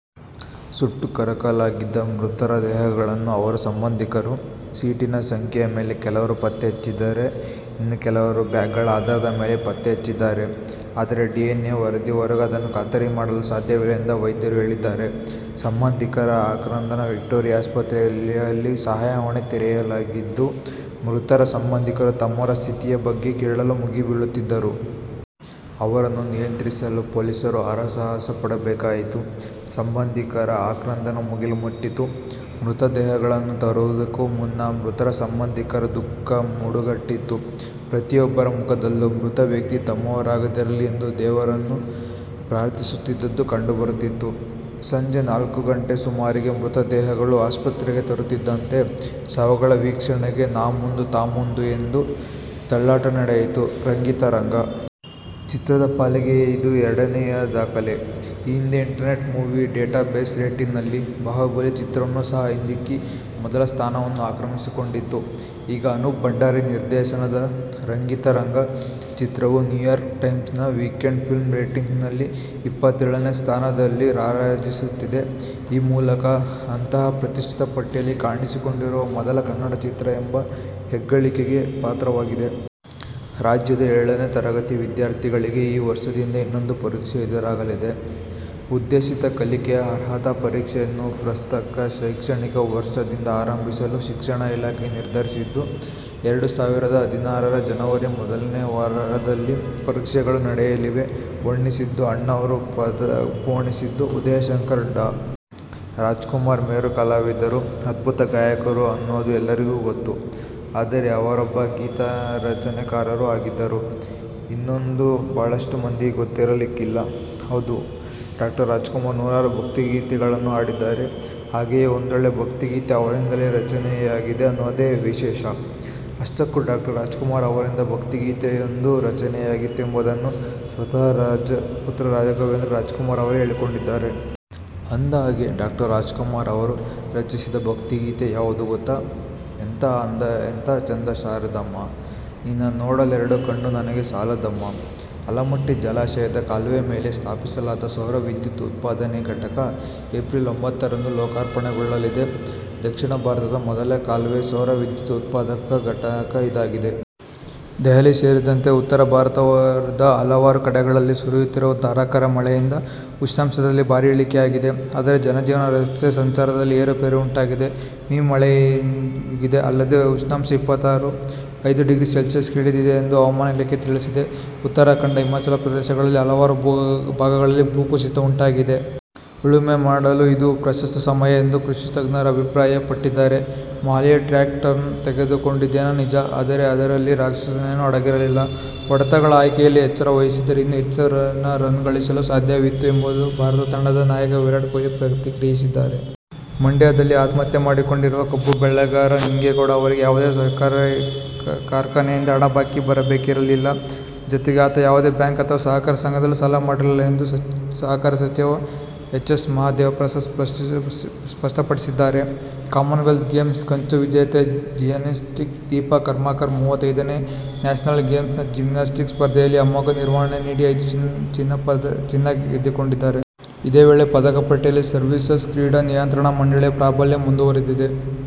ಸುಟ್ಟು ಕರಕಲಾಗಿದ್ದ ಮೃತರ ದೇಹಗಳನ್ನು ಅವರ ಸಂಬಂಧಿಕರು ಸೀಟಿನ ಸಂಖ್ಯೆಯ ಮೇಲೆ ಕೆಲವರು ಪತ್ತೆ ಹಚ್ಚಿದರೆ, ಇನ್ನು ಕೆಲವರು ಬ್ಯಾಗ್ಗಳ ಆಧಾರದ ಮೇಲೆ ಪತ್ತೆಹಚ್ಚಿದ್ದಾರೆ. ಅದರೆ, ಡಿಎನ್ಎ ವರದಿವರೆಗೂ ಅದನ್ನು ಖಾತರಿ ಮಾಡಲು ಸಾಧ್ಯವಿಲ್ಲ ಎಂದು ವೈದ್ಯರು ಹೇಳಿದ್ದಾರೆ. ಸಂಬಂಧಿಕರ ಆಕ್ರಂದನವಿಕ್ಟೋರಿಯಾ ಆಸ್ಪತ್ರೆಯಲ್ಲಿ ಸಹಾಯವಾಣಿ ತೆರೆಯಲಾಗಿದ್ದು, ಮೃತರ ಸಂಬಂಧಿಕರು ತಮ್ಮವರ ಸ್ಥಿತಿಯ ಬಗ್ಗೆ ಕೇಳಲು ಮುಗಿ ಬೀಳುತ್ತಿದ್ದರು. ಅವರನ್ನು ನಿಯಂತ್ರಿಸಲು ಪೊಲೀಸರು ಹರಸಾಹಸ ಪಡಬೇಕಾಯಿತು. ಸಂಬಂಧಿಕರ ಆಕ್ರಂದನ ಮುಗಿಲು ಮುಟ್ಟಿತ್ತು. ಮೃತದೇಹಗಳನ್ನು ತರುವುದಕ್ಕೂ ಮುನ್ನ ಮೃತರ ಸಂಬಂಧಿಕರ ದುಃಖ ಮಡುಗಟ್ಟಿತ್ತು. ಪ್ರತಿಯೊಬ್ಬರ ಮುಖದಲ್ಲೂ ಮೃತ ವ್ಯಕ್ತಿ ತಮ್ಮವರಾಗದಿರಲಿ ಎಂದು ದೇವರನ್ನು ಪ್ರಾರ್ಥಿಸುತ್ತಿದ್ದದ್ದು ಕಂಡು ಬರುತ್ತಿತ್ತು. ಸಂಜೆ ನಾಲ್ಕು ಗಂಟೆ ಸುಮಾರಿಗೆ ಮೃತ ದೇಹಗಳು ಆಸ್ಪತ್ರೆಗೆ ತರುತ್ತಿದ್ದಂತೆ ಶವಗಳ ವೀಕ್ಷಣೆಗೆ ನಾಮುಂದು-ತಾಮುಂದೂ ಎಂದು ತಳ್ಳಾಟ ನಡೆಯಿತು. ರಂಗಿತರಂಗ ಚಿತ್ರದ ಪಾಲಿಗೆ ಇದು ಎರಡನೆಯ ದಾಖಲೆ. ಈ ಹಿಂದೆ ಇಂಟರ್ನೆಟ್ ಮೂವಿ ಡೇಟಾಬೇಸ್ ರೇಟಿಂಗ್ನಲ್ಲಿ "ಬಾಹುಬಲಿ' ಚಿತ್ರವನ್ನೂ ಸಹ ಹಿಂದಿಕ್ಕಿ ಮೊದಲ ಸ್ಥಾನವನ್ನು ಆಕ್ರಮಿಸಿಕೊಂಡಿತ್ತು. ಈಗ ಅನೂಪ್ ಭಂಡಾರಿ ನಿರ್ದೇನದ ರಂಗಿತರಂಗ ಚಿತ್ರವು ನ್ಯೂಯಾರ್ಕ್ ಟೈಮ್ಸ್ನ ವೀಕೆಂಡ್ ಫಿಲ್ಮ್ ರೇಟಿಂಗ್ನಲ್ಲಿ ಇಪ್ಪತ್ತೇಳನೇ ಸ್ಥಾನದಲ್ಲಿ ರಾರಾಜಿಸುತ್ತಿದೆ। ಈ ಮೂಲಕ ಅಂತಹ ಪ್ರತಿಷ್ಠಿತ ಪಟ್ಟಿಯಲ್ಲಿ ಕಾಣಿಸಿಕೊಂಡಿರುವ ಮೊದಲ ಕನ್ನಡ ಚಿತ್ರ ಎಂಬ ಹೆಗ್ಗಳಿಕೆಗೆ ಪಾತ್ರವಾಗಿದೆ. ರಾಜ್ಯದ ಏಳನೇ ತರಗತಿ ವಿದ್ಯಾರ್ಥಿಗಳಿಗೆ ಈ ವರ್ಷದಿಂದ ಇನ್ನೊಂದು ಪರೀಕ್ಷೆ ಎದುರಾಗಲಿದೆ. ಉದ್ದೇಶಿತ ಕಲಿಕೆಯ ಅರ್ಹತಾ ಪರೀಕ್ಷೆಯನ್ನು ಪ್ರಸಕ್ತ ಶೈಕ್ಷಣಿಕ ವರ್ಷದಿಂದ ಆರಂಭಿಸಲು ಶಿಕ್ಷಣ ಇಲಾಖೆ ನಿರ್ಧರಿಸಿದ್ದು, ಎರಡು ಸಾವಿರದ ಹದಿನಾರರ ಜನವರಿ ಮೊದಲ ವಾರದಲ್ಲಿ ಪರೀಕ್ಷೆಗಳು ನಡೆಯಲಿವೆ. ವರ್ಣಿಸಿದ್ದು ಅಣ್ಣಾವ್ರು ಪದಪೋಣಿಸಿದ್ದು ಉದಯಶಂಕರ್, ಡಾ. ರಾಜ್ಕುಮಾರ್ ಮೇರು ಕಲಾವಿದರು, ಅದ್ಭುತ ಗಾಯಕರು ಅನ್ನೋದು ಎಲ್ಲರಿಗೂ ಗೊತ್ತು. ಆದರೆ, ಅವರೊಬ್ಬ ಗೀತರಚನೆಕಾರರೂ ಆಗಿದ್ದರು ಅನ್ನೋದು ಬಹಳಷ್ಟು ಮಂದಿಗೆ ಗೊತ್ತಿರಲಿಕ್ಕಿಲ್ಲ! ಹೌದು, ಡಾ. ರಾಜ್ಕುಮಾರ್ ನೂರಾರು ಭಕ್ತಿಗೀತೆಗಳನ್ನು ಹಾಡಿದ್ದಾರೆ. ಹಾಗೆಯೇ ಒಂದೊಳ್ಳೆಯ ಭಕ್ತಿಗೀತೆ ಅವರಿಂದಲೇ ರಚನೆಯಾಗಿದೆ ಅನ್ನೋದೇ ವಿಶೇಷ. ಅಷ್ಟಕ್ಕೂ ಡಾ. ರಾಜ್ಕುಮಾರ್ ಅವರಿಂದ ಭಕ್ತಿಗೀತೆಯೊಂದು ರಚನೆಯಾಗಿತ್ತು ಎಂಬುದನ್ನು ಸ್ವತಃ ರಾಜ್ ಪುತ್ರ ರಾಘವೇಂದ್ರ ರಾಜ್ಕುಮಾರ್ ಅವರೇ ಹೇಳಿಕೊಂಡಿದ್ದಾರೆ. ಅಂದಹಾಗೆ, ಡಾ. ರಾಜ್ಕುಮಾರ್ ಅವರು ರಚಿಸಿದ ಭಕ್ತಿಗೀತೆ ಯಾವುದು ಗೊತ್ತಾ? ಎಂತ ಅಂದ ಎಂತ ಚೆಂದ ಶಾರದಮ್ಮ, ನಿನ್ನ ನೋಡಲೆರೆಡು ಕಣ್ಣು ನನಗೆ ಸಾಲದಮ್ಮಾ ಆಲಮಟ್ಟಿ ಜಲಾಶಯದ ಕಾಲುವೆ ಮೇಲೆ ಸ್ಥಾಪಿಸಲಾದ ಸೌರವಿದ್ಯುತ್ ಉತ್ಪಾದನೆ ಘಟಕ ಏಪ್ರಿಲ್ ಒಂಬ್ಬತ್ತು ರಂದು ಲೋಕಾರ್ಪಣೆಗೊಳ್ಳಲಿದೆ. ದಕ್ಷಿಣ ಭಾರತದ ಮೊದಲ ಕಾಲುವೆ ಸೌರವಿದ್ಯುತ್ ಉತ್ಪಾದನೆ ಘಟಕ ಇದಾಗಿದೆ. ದೆಹಲಿ ಸೇರಿದಂತೆ ಉತ್ತರ ಭಾರತದ ಹಲವಾರು ಕಡೆಗಳಲ್ಲಿ ಸುರಿಯುತ್ತಿರುವ ಧಾರಾಕಾರ ಮಳೆಯಿಂದ ಉಷ್ಣಾಂಶದಲ್ಲಿ ಭಾರಿ ಇಳಿಕೆ ಆಗಿದೆ. ಆದರೆ ಜನಜೀವನ, ರಸ್ತೆ ಸಂಚಾರದಲ್ಲಿ ಏರುಪೇರು ಉಂಟಾಗಿದೆ. ಮೀ. ಮಳೆಯಾಗಿದೆ. ಅಲ್ಲದೇ ಉಷ್ಣಾಂಶ ಇಪ್ಪತ್ತಾರು. ಐದು ಡಿಗ್ರಿ ಸೆಲ್ಸಿಯಸ್ಗೆ ಇಳಿದಿದೆ ಎಂದು ಹವಾಮಾನ ಇಲಾಖೆ ತಿಳಿಸಿದೆ. ಉತ್ತರಾಖಂಡ, ಹಿಮಾಚಲ ಪ್ರದೇಶಗಳ ಹಲವಾರು ಭಾಗಗಳಲ್ಲಿ ಭೂಕುಸಿತ ಉಂಟಾಗಿದೆ. ಉಳುಮೆ ಮಾಡಲು ಇದು ಪ್ರಶಸ್ತ ಸಮಯ ಎಂದು ಕೃಷಿ ತಜ್ಞರು ಅಭಿಪ್ರಾಯ ಪಟ್ಟಿದ್ದಾರೆ. ಮೊಹಾಲಿ ಟ್ರ್ಯಾಕ್ ಟರ್ನ್ ತೆಗೆದುಕೊಂಡದ್ದೇನೋ ನಿಜ, ಆದರೆ ಇದರಲ್ಲಿ ರಾಕ್ಷಸನೇನೂ ಅಡಗಿರಲಿಲ್ಲ. ಹೊಡೆತಗಳ ಆಯ್ಕೆಯಲ್ಲಿ ಎಚ್ಚರ ವಹಿಸಿದ್ದರೆ ಇನ್ನೂ ಹೆಚ್ಚಿನ ರನ್ ಗಳಿಸಲು ಸಾಧ್ಯವಿತ್ತು ಎಂಬುದಾಗಿ ಭಾರತ ತಂಡದ ನಾಯಕ ವಿರಾಟ್ ಕೊಹ್ಲಿ ಪ್ರತಿಕ್ರಿಯಿಸಿದ್ದಾರೆ. ಮಂಡ್ಯದಲ್ಲಿ ಆತ್ಮಹತ್ಯೆ ಮಾಡಿಕೊಂಡಿರುವ ಕಬ್ಬು ಬೆಳೆಗಾರ ನಿಂಗೇಗೌಡ ಅವರಿಗೆ ಯಾವುದೇ ಸಕ್ಕರೆ ಕಾರ್ಖಾನೆಯಿಂದ ಹಣ ಬಾಕಿ ಬರಬೇಕಿರಲಿಲ್ಲ. ಜತೆಗೆ ಆತ ಯಾವುದೇ ಬ್ಯಾಂಕ್ ಅಥವಾ ಸಹಕಾರ ಸಂಘದಲ್ಲೂ ಸಾಲ ಮಾಡಿರಲಿಲ್ಲ ಎಂದು ಸಹಕಾರ ಸಚಿವ ಎಚ್. ಎಸ್. ಮಹದೇವಪ್ರಸಾದ್ ಸ್ಪಷ್ಟಪಡಿಸಿದ್ದಾರೆ. ಕಾಮನ್ವೆಲ್ತ್ ಗೇಮ್ಸ್ ಕಂಚು ವಿಜೇತೆ ಜಿಮ್ನಾಸ್ಟ್ ದೀಪಾ ಕರ್ಮಾಕರ್ ಮೂವತೈದನೇ ನ್ಯಾಶನಲ್ ಗೇಮ್ಸ್ನ ಜಿಮ್ನಾಸ್ಟಿಕ್ಸ್ ಸ್ಪರ್ಧೆಯಲ್ಲಿ ಅಮೋಘ ನಿರ್ವಹಣೆ ನೀಡಿ ಐದು ಚಿನ್ನ ಗೆದ್ದುಕೊಂಡಿದ್ದಾರೆ. ಇದೇ ವೇಳೆ ಪದಕ ಪಟ್ಟಿಯಲ್ಲಿ ಸರ್ವೀಸಸ್ ಕ್ರೀಡಾ ನಿಯಂತ್ರಣ ಮಂಡಳಿ ಯ ಪ್ರಾಬಲ್ಯ ಮುಂದುವರಿದಿದೆ.